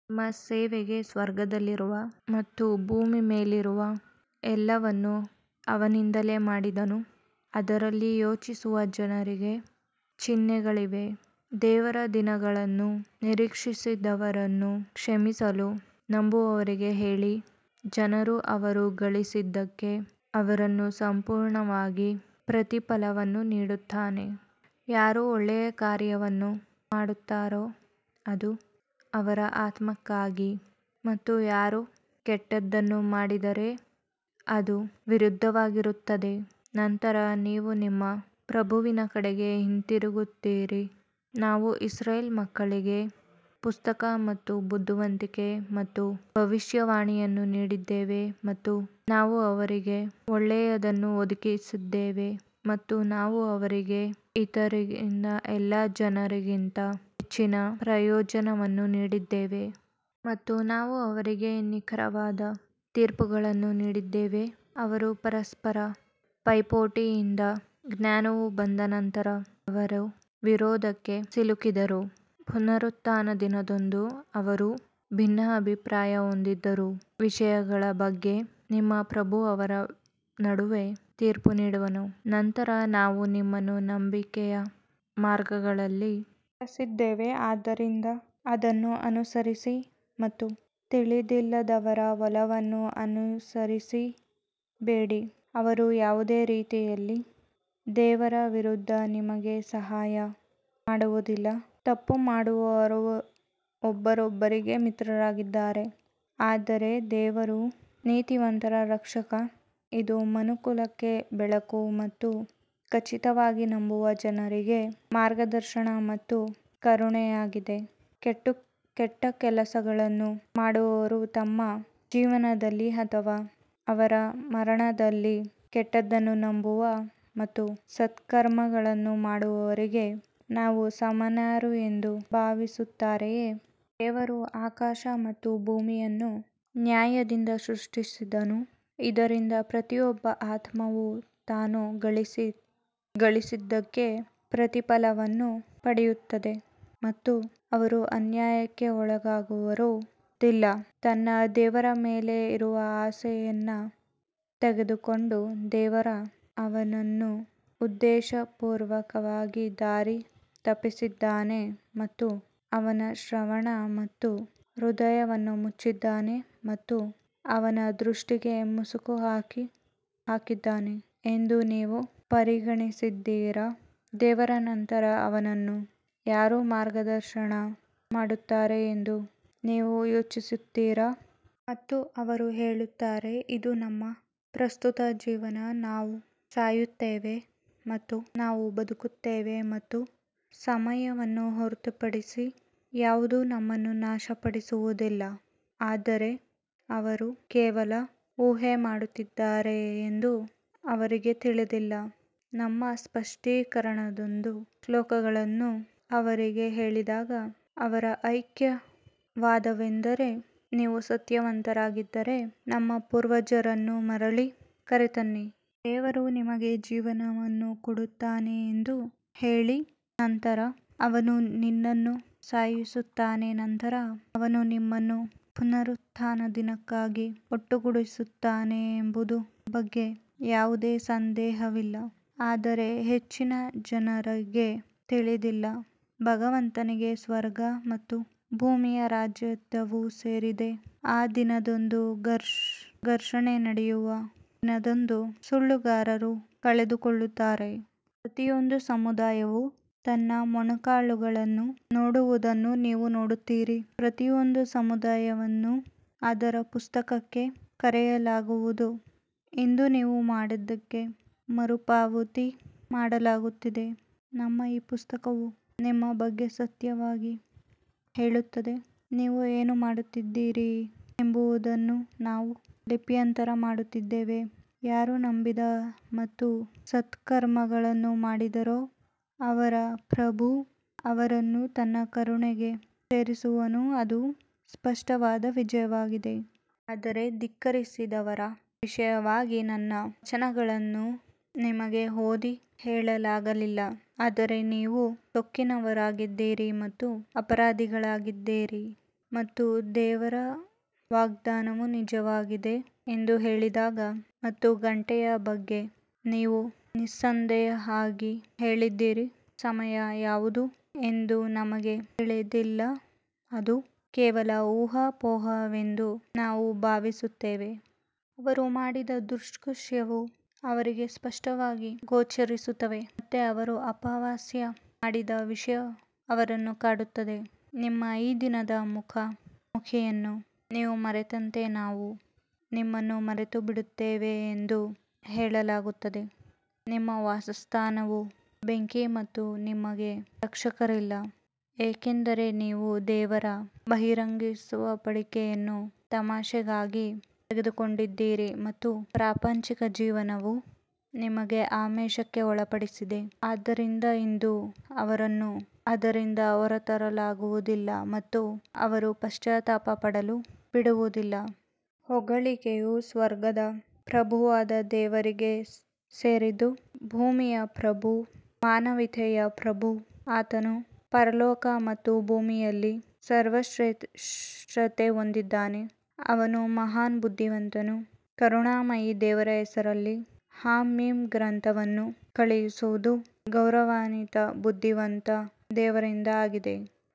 ನಿಮ್ಮ ಸೇವೆಗೆ ಸ್ವರ್ಗದಲ್ಲಿರುವ ಮತ್ತು ಭೂಮಿಯ ಮೇಲಿರುವ ಎಲ್ಲವನ್ನೂ ಅವನಿಂದಲೇ ಮಾಡಿದನು, ಅದರಲ್ಲಿ ಯೋಚಿಸುವ ಜನರಿಗೆ ಚಿಹ್ನೆಗಳಿವೆ. ದೇವರ ದಿನಗಳನ್ನು ನಿರೀಕ್ಷಿಸದವರನ್ನು ಕ್ಷಮಿಸಲು ನಂಬುವವರಿಗೆ ಹೇಳಿ, ಜನರು ಅವರು ಗಳಿಸಿದ್ದಕ್ಕೆ ಅವನು ಸಂಪೂರ್ಣವಾಗಿ ಪ್ರತಿಫಲವನ್ನು ನೀಡುತ್ತಾನೆ. ಯಾರು ಒಳ್ಳೆಯ ಕಾರ್ಯವನ್ನು ಮಾಡುತ್ತಾರೋ ಅದು ಅವರ ಆತ್ಮಕ್ಕಾಗಿ ಮತ್ತು ಯಾರು ಕೆಟ್ಟದ್ದನ್ನು ಮಾಡಿದರೆ ಅದು ವಿರುದ್ಧವಾಗಿರುತ್ತದೆ ನಂತರ ನೀವು ನಿಮ್ಮ ಪ್ರಭುವಿನ ಕಡೆಗೆ ಹಿಂತಿರುಗುತ್ತೀರಿ ನಾವು ಇಸ್ರೇಲ್ ಮಕ್ಕಳಿಗೆ ಪುಸ್ತಕ ಮತ್ತು ಬುದ್ಧಿವಂತಿಕೆ ಮತ್ತು ಭವಿಷ್ಯವಾಣಿಯನ್ನು ನೀಡಿದ್ದೇವೆ ಮತ್ತು ನಾವು ಅವರಿಗೆ ಒಳ್ಳೆಯದನ್ನು ಒದಗಿಸಿದ್ದೇವೆ ಮತ್ತು ನಾವು ಅವರಿಗೆ ಇತರ ಎಲ್ಲ ಜನರಿಗಿಂತ ಹೆಚ್ಚಿನ ಪ್ರಯೋಜನವನ್ನು ನೀಡಿದ್ದೇವೆ. ಮತ್ತು ನಾವು ಅವರಿಗೆ ನಿಖರವಾದ ತೀರ್ಪುಗಳನ್ನು ನೀಡಿದ್ದೇವೆ, ಅವರು ಪರಸ್ಪರ ಪೈಪೋಟಿಯಿಂದ ಜ್ಞಾನವು ಬಂದ ನಂತರವೇ ಅವರು ವಿವಾದಕ್ಕೆ ಸಿಲುಕಿದರು, ಪುನರುತ್ಥಾನದ ದಿನದಂದು ಅವರು ಭಿನ್ನಾಭಿಪ್ರಾಯ ಹೊಂದಿದ್ದ ವಿಷಯಗಳ ಬಗ್ಗೆ ನಿಮ್ಮ ಪ್ರಭು ಅವರ ನಡುವೆ ತೀರ್ಪು ನೀಡುವನು. ನಂತರ ನಾವು ನಿಮ್ಮನ್ನು ನಂಬಿಕೆಯ ಮಾರ್ಗದಲ್ಲಿ ಇರಿಸಿದ್ದೇವೆ ಆದ್ದರಿಂದ ಅದನ್ನು ಅನುಸರಿಸಿ ಮತ್ತು ತಿಳಿದಿಲ್ಲದವರ ಒಲವುಗಳನ್ನು ಅನುಸರಿಸಬೇಡಿ ಅವರು ಯಾವುದೇ ರೀತಿಯಲ್ಲಿ ದೇವರ ವಿರುದ್ಧ ನಿಮಗೆ ಸಹಾಯ ಮಾಡುವುದಿಲ್ಲ, ತಪ್ಪು ಮಾಡುವವರು ಒಬ್ಬರಿಗೊಬ್ಬರು ಮಿತ್ರರಾಗಿದ್ದಾರೆ ಆದರೆ ದೇವರು ನೀತಿವಂತರ ರಕ್ಷಕ ಇದು ಮನುಕುಲಕ್ಕೆ ಬೆಳಕು ಮತ್ತು ಖಚಿತವಾಗಿ ನಂಬುವ ಜನರಿಗೆ ಮಾರ್ಗದರ್ಶನ ಮತ್ತು ಕರುಣೆಯಾಗಿದೆ ಕೆಟ್ಟ ಕೆಲಸಗಳನ್ನು ಮಾಡುವವರು ತಮ್ಮ ಜೀವನದಲ್ಲಿ ಅಥವಾ ಅವರ ಮರಣದಲ್ಲಿ ಕೆಟ್ಟದ್ದನ್ನು ನಂಬುವ ಮತ್ತು ಸತ್ಕರ್ಮಗಳನ್ನು ಮಾಡುವವರಿಗೆ ನಾವು ಸಮಾನರು ಎಂದು ಭಾವಿಸುತ್ತಾರೆಯೇ? ದೇವರು ಆಕಾಶ ಮತ್ತು ಭೂಮಿಯನ್ನು ನ್ಯಾಯದಿಂದ ಸೃಷ್ಟಿಸಿದನು, ಇದರಿಂದ ಪ್ರತಿಯೊಬ್ಬ ಆತ್ಮವು ತಾನು ಗಳಿಸಿದ್ದಕ್ಕೆ ಪ್ರತಿಫಲವನ್ನು ಪಡೆಯುತ್ತಾನೆ ಮತ್ತು ಅವರು ಅನ್ಯಾಯಕ್ಕೊಳಗಾಗುವುದಿಲ್ಲ ತನ್ನ ದೇವರ ಮೇಲಿನ ಆಸೆಯನ್ನು ತೆಗೆದುಕೊಂಡು ದೇವರು ಅವನನ್ನು ಉದ್ದೇಶಪೂರ್ವಕವಾಗಿ ದಾರಿ ತಪ್ಪಿಸಿದ್ದಾನೆ ಮತ್ತು ಅವನ ಶ್ರವಣ ಮತ್ತು ಹೃದಯವನ್ನು ಮುಚ್ಚಿದ್ದಾನೆ ಮತ್ತು ಅವನ ದೃಷ್ಟಿಗೆ ಮುಸುಕು ಹಾಕಿದ್ದಾನೆ ಎಂದು ನೀವು ಪರಿಗಣಿಸಿದ್ದೀರಾ, ದೇವರ ನಂತರ ಅವನನ್ನು ಯಾರು ಮಾರ್ಗದರ್ಶನ ಮಾಡುತ್ತಾರೆ ಎಂದು ನೀವು ಯೋಚಿಸುತ್ತೀರಾ? ಮತ್ತು ಅವರು ಹೇಳುತ್ತಾರೆ ಇದು ನಮ್ಮ ಪ್ರಸ್ತುತ ಜೀವನ ನಾವು ಸಾಯುತ್ತೇವೆ ಮತ್ತು ನಾವು ಬದುಕುತ್ತೇವೆ ಮತ್ತು ಸಮಯವನ್ನು ಹೊರತುಪಡಿಸಿ ಯಾವುದೂ ನಮ್ಮನ್ನು ನಾಶಪಡಿಸುವುದಿಲ್ಲ ಆದರೆ ಅವರು ಕೇವಲ ಊಹೆ ಮಾಡುತ್ತಿದ್ದಾರೆ ಎಂದು ಅವರಿಗೆ ತಿಳಿದಿಲ್ಲ. ನಮ್ಮ ಸ್ಪಷ್ಟೀಕರಣದ ಶ್ಲೋಕಗಳನ್ನು ಅವರಿಗೆ ಹೇಳಿದಾಗ ಅವರ ಏಕೈಕ ವಾದವೆಂದರೆ ನೀವು ಸತ್ಯವಂತರಾಗಿದ್ದರೆ ನಮ್ಮ ಪೂರ್ವಜರನ್ನು ಮರಳಿ ಕರೆತನ್ನಿ. ದೇವರು ನಿಮಗೆ ಜೀವವನ್ನು ಕೊಡುತ್ತಾನೆ ಎಂದು ಹೇಳಿ ನಂತರ ಅವನು ನಿನ್ನನ್ನು ಸಾಯಿಸುತ್ತಾನೆ ನಂತರ ಅವನು ನಿಮ್ಮನ್ನು ಪುನರುತ್ಥಾನದ ದಿನಕ್ಕಾಗಿ ಒಟ್ಟುಗೂಡಿಸುತ್ತಾನೆ ಎಂಬುದರ ಬಗ್ಗೆ ಯಾವುದೇ ಸಂದೇಹವಿಲ್ಲ ಆದರೆ ಹೆಚ್ಚಿನ ಜನರಿಗೆ ತಿಳಿದಿಲ್ಲ ಭಗವಂತನಿಗೆ ಸ್ವರ್ಗ ಮತ್ತು ಭೂಮಿಯ ರಾಜತ್ವವು ಸೇರಿದೆ ಆ ದಿನದಂದು ಘರ್ಷಣೆಯು ನಡೆಯುವ ದಿನದಂದು ಸುಳ್ಳುಗಾರರು ಕಳೆದುಕೊಳ್ಳುತ್ತಾರೆ. ಪ್ರತಿಯೊಂದು ಸಮುದಾಯವು ತನ್ನ ಮೊಣಕಾಲುಗಳನ್ನು ನೋಡುವುದನ್ನು ನೀವು ನೋಡುತ್ತೀರಿ ಪ್ರತಿಯೊಂದು ಸಮುದಾಯವನ್ನು ಅದರ ಪುಸ್ತಕಕ್ಕೆ ಕರೆಯಲಾಗುವುದು ಇಂದು ನೀವು ಮಾಡಿದ್ದಕ್ಕಾಗಿ ಮರುಪಾವತಿ ಮಾಡಲಾಗುತ್ತಿದೆ ನಮ್ಮ ಈ ಪುಸ್ತಕವು ನಿಮ್ಮ ಬಗ್ಗೆ ಸತ್ಯವಾಗಿ ಹೇಳುತ್ತದೆ, ನೀವು ಏನು ಮಾಡುತ್ತಿದ್ದೀರಿ ಎಂಬುದನ್ನು ನಾವು ಲಿಪ್ಯಂತರ ಮಾಡುತ್ತಿದ್ದೇವೆ ಯಾರು ನಂಬಿದ ಮತ್ತು ಸತ್ಕರ್ಮಗಳನ್ನು ಮಾಡಿದರೋ ಅವರ ಪ್ರಭು ಅವರನ್ನು ತನ್ನ ಕರುಣೆಗೆ ಸೇರಿಸುವನು ಅದು ಸ್ಪಷ್ಟವಾದ ವಿಜಯವಾಗಿದೆ. ಆದರೆ ಧಿಕ್ಕರಿಸಿದವರ ವಿಷಯವಾಗಿ ನನ್ನ ವಚನಗಳನ್ನು ನಿಮಗೆ ಓದಿ ಹೇಳಲಾಗಲಿಲ್ಲ ಆದರೆ ನೀವು ಸೊಕ್ಕಿನವರಾಗಿದ್ದೀರಿ ಮತ್ತು ಅಪರಾಧಿಗಳಾಗಿದ್ದೀರಿ. ಮತ್ತು ದೇವರ ವಾಗ್ದಾನವು ನಿಜವಾಗಿದೆ ಎಂದು ಹೇಳಿದಾಗ ಮತ್ತು ಗಂಟೆಯ ಬಗ್ಗೆ ನೀವು ನಿಸ್ಸಂದೇಹವಾಗಿ ಹೇಳಿದ್ದೀರಿ, ಸಮಯ ಯಾವುದು ಎಂದು ನಮಗೆ ತಿಳಿದಿಲ್ಲ, ಅದು ಕೇವಲ ಊಹಾಪೋಹ ಎಂದು ನಾವು ಭಾವಿಸುತ್ತೇವೆ. ಅವರು ಮಾಡಿದ ದುಷ್ಕೃತ್ಯಗಳು ಅವರಿಗೆ ಸ್ಪಷ್ಟವಾಗಿ ಗೋಚರಿಸುತ್ತವೆ ಮತ್ತು ಅವರು ಅಪಹಾಸ್ಯ ಮಾಡಿದ ವಿಷಯವೇ ಅವರನ್ನು ಕಾಡುತ್ತದೆ ನಿಮ್ಮ ಈ ದಿನದ ಮುಖಾಮುಖಿಯನ್ನು ನೀವು ಮರೆತಂತೆ ಇಂದು ನಾವು ನಿಮ್ಮನ್ನು ಮರೆತುಬಿಡುತ್ತೇವೆ ಎಂದು ಹೇಳಲಾಗುತ್ತದೆ ನಿಮ್ಮ ವಾಸಸ್ಥಾನವು ಬೆಂಕಿ ಮತ್ತು ನಿಮಗೆ ರಕ್ಷಕರಿಲ್ಲ ಏಕೆಂದರೆ ನೀವು ದೇವರ ಬಹಿರಂಗಪಡಿಸುವಿಕೆಯನ್ನು ತಮಾಷೆಗಾಗಿ ತೆಗೆದುಕೊಂಡಿದ್ದೀರಿ ಮತ್ತು ಪ್ರಾಪಂಚಿಕ ಜೀವನವು ನಿಮ್ಮನ್ನು ಆಮಿಷಕ್ಕೆ ಒಳಪಡಿಸಿದೆ ಆದ್ದರಿಂದ ಇಂದು ಅವರನ್ನು ಅದರಿಂದ ಹೊರತರಲಾಗುವುದಿಲ್ಲ ಮತ್ತು ಅವರು ಪಶ್ಚಾತ್ತಾಪ ಪಡಲು ಬಿಡುವುದಿಲ್ಲ. ಹೊಗಳಿಕೆಯು ಸ್ವರ್ಗದ ಪ್ರಭುವಾದ ದೇವರಿಗೆ ಸೇರಿದ್ದು, ಭೂಮಿಯ ಪ್ರಭು ಮಾನವೀಯತೆಯ ಪ್ರಭು ಆತನು ಪರಲೋಕ ಮತ್ತು ಭೂಮಿಯಲ್ಲಿ ಸರ್ವಶ್ರೇಷ್ಠತೆ ಹೊಂದಿದ್ದಾನೆ, ಅವನು ಮಹಾನ್ ಬುದ್ಧಿವಂತನು ಕರುಣಾಮಯಿ ದೇವರ ಹೆಸರಿನಲ್ಲಿ ಹಾ ಮೀಮ್ ಗ್ರಂಥವನ್ನು ಕಳುಹಿಸುವುದು ಗೌರವಾನ್ವಿತ ಬುದ್ಧಿವಂತ ದೇವರಿಂದ ಆಗಿದೆ.